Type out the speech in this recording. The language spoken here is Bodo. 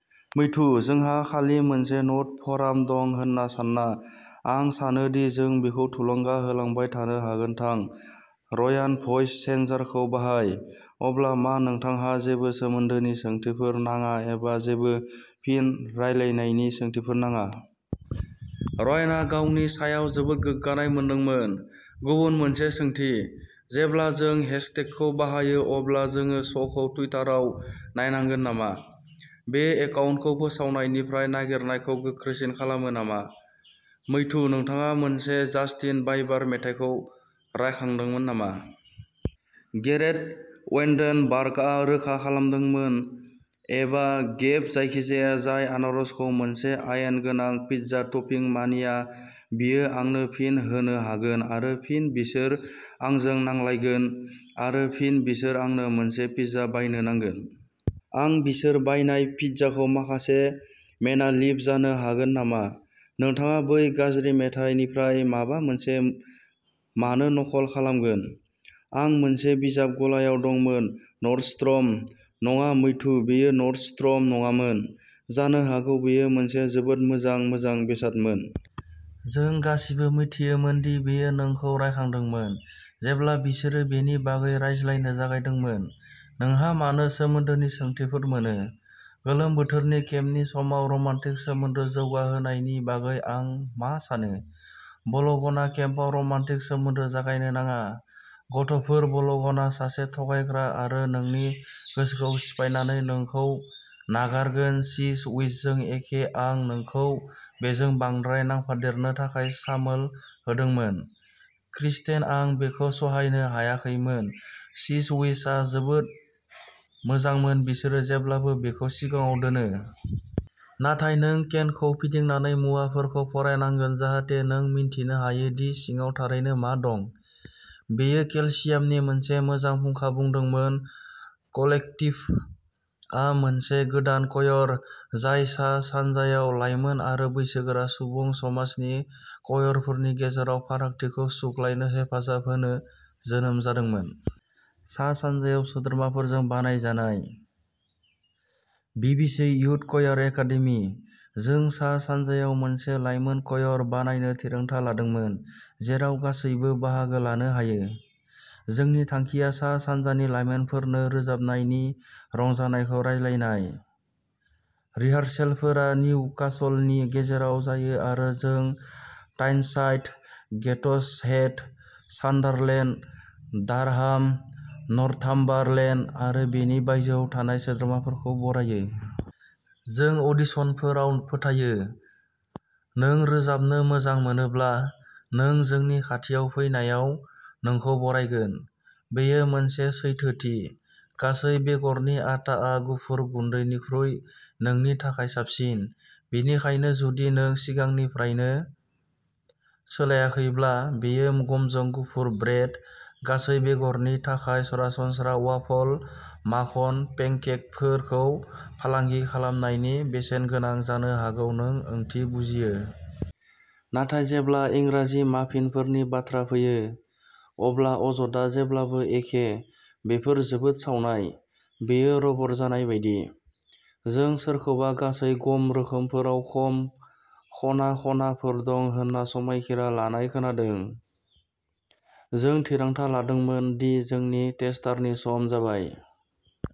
मैथ्यू जोंहा खालि मोनसे नट फराम दं होन्ना सान्ना, आं सानो दि जों बिखौ थुलुंगा होलांबाय थानो हागोन थां, रयान भ'इस चेन्जारखौ बाहाय। अब्ला मा नोंथांहा जेबो सोमोन्दोनि सोंथिफोर नाङा एबा जेबो फिन रायलायनायनि सोंथिफोर नाङा? रयानआ गावनि सायाव जोबोद गोग्गानाय मोनदोंमोन। गुबुन मोनसे सोंथि। जेब्ला जों हेशटेगखौ बाहायो अब्ला जोंङो श'खौ टुइटाराव नायनांगोन नामा? बेयो एकाउन्टखौ फोसावनायनिफ्राय नागिरनायखौ गोख्रैसिन खालामो नामा? मैथ्यू नोंथाङा मोनसे जास्टिन बाइबार मेथाइखौ रायखांदोंमोन नामा? गेरेट वेन्डेनबार्गआ रोखा खालामदोंमोन एबा गेब जायखिजाया जाय आनारसखौ मोनसे आयेन गोनां पिज्जा टपिं मानिया बियो आंनो फिन होनो हागोन आरो फिन बिसोर आंजों नांलायनांगोन आरो फिन बिसोर आंनो मोनसे पिज्जा बायनो नांगोन। आं बिसोर बायनाय पिज्जाखौ माखासे मेनालिभ जानो हागोन नामा? नोंथाङा बै गाज्रि मेथाइनिफ्राय माबा मोनसे मानो नखल खालामगोन? "आं मोनसे बिजाब गलायाव दंमोन नर्डस्ट्रम" नङा, मैथ्यू, बेयो नर्डस्ट्रम नङामोन। जानो हागौ बेयो मोनसे जोबोद मोजां मोजां बेसादमोन। जों गासिबो मिथियोमोन दि बेयो नोंखौ रायखांदोंमोन जेब्ला बिसोरो बेनि बागै रायज्लायनो जागायदोंमोन। नोंहा मानो सोमोन्दोनि सोंथिफोर मोनो? गोलोम बोथोरनि केम्पनि समाव रमान्टिक सोमोन्दो जौगाहोनायनि बागै आं मा सानो? बल'गना केम्पआव रमान्टिक सोमोन्दो जागायनो नाङा, गथ'फोर बल'गना सासे थगायग्रा आरो नोंनि गोसोखौ सिफायनानै नोंखौ नागारगोन चिज विजजों एखे आं नोंखौ बेजों बांद्राय नांफादेरनो थाखाय सामोल होदोंमोन, क्रिस्टेन आं बेखौ सहायनो हायाखैमोन चिज विजआ जोबोद मोजांमोन बिसोरो जेब्लाबो बेखौ सिगाङाव दोनो। नाथाय नों केनखौ फिदिंनानै मुवाफोरखौ फरायनांगोन जाहाथे नों मिन्थिनो हायो दि सिङाव थारैनो मा दं! बेयो केलसियामनि मोनसे मोजां फुंखा बुंदोंमोन कलेक्टिभआ मोनसे गोदान क'यर, जाय सा-सानजायाव लाइमोन आरो बैसोगोरा सुबुं समाजनि क'यरफोरनि गेजेराव फारागथिखौ सुग्लायनो हेफाजाब होनो जोनोम जादोंमोन। सा-सानजायाव सोद्रोमाफोरजों बानायजानाय। बिबिसि युथ क'यर एकादेमि, जों सा-सानजायाव मोनसे लाइमोन क'यर बानायनो थिरांथा लादोंमोन, जेराव गासैबो बाहागो लानो हायो। जोंनि थांखिया सा-सानजानि लाइमोनफोरनो रोजाबनायनि रंजानायखौ रानलायनाय। रिहार्सेलफोरा निउकासलनि गेजेराव जायो आरो जों Tyneside, Gateshead, Sunderland, Durham, Northumberland आरो बेनि बायजोआव थानाय सोद्रोमाफोरखौ बरायो। जों अडिशनफोराव फोथायो, नों रोजाबनो मोजां मोनोब्ला, नों जोंनि खाथियाव फैनायाव नोंखौ बरायगोन। बेयो मोनसे सैथोथि। गासै बेगरनि आटाआ गुफुर गुन्दैनिख्रुइ नोंनि थाखाय साबसिन। बेनिखायनो जुदि नों सिगांनिफ्रायनो सोलायाखैब्ला, बेयो गमजों गुफुर ब्रेड, गासै-बेगरनि थाखाय सरासनस्रा वाफल, माखन पेनकेकफोरखौ फालांगि खालामनायनि बेसेनगोनां जानो हागौ नों ओंथि बुजियो। नाथाय जेब्ला इंराजि माफिनफोरनि बाथ्रा फैयो, अब्ला अजदआ जेब्लाबो एखे "बेफोर जोबोद सावनाय!" "बेयो रबर जानाय बायदि।" जों सोरखौबा गासै गम रोखोमफोराव खम खना-खनाफोर दं होनना समायखिरा लानाय खोनादों। जों थिरांथा लादोंमोन दि जोंनि टेस्टारनि सम जाबाय।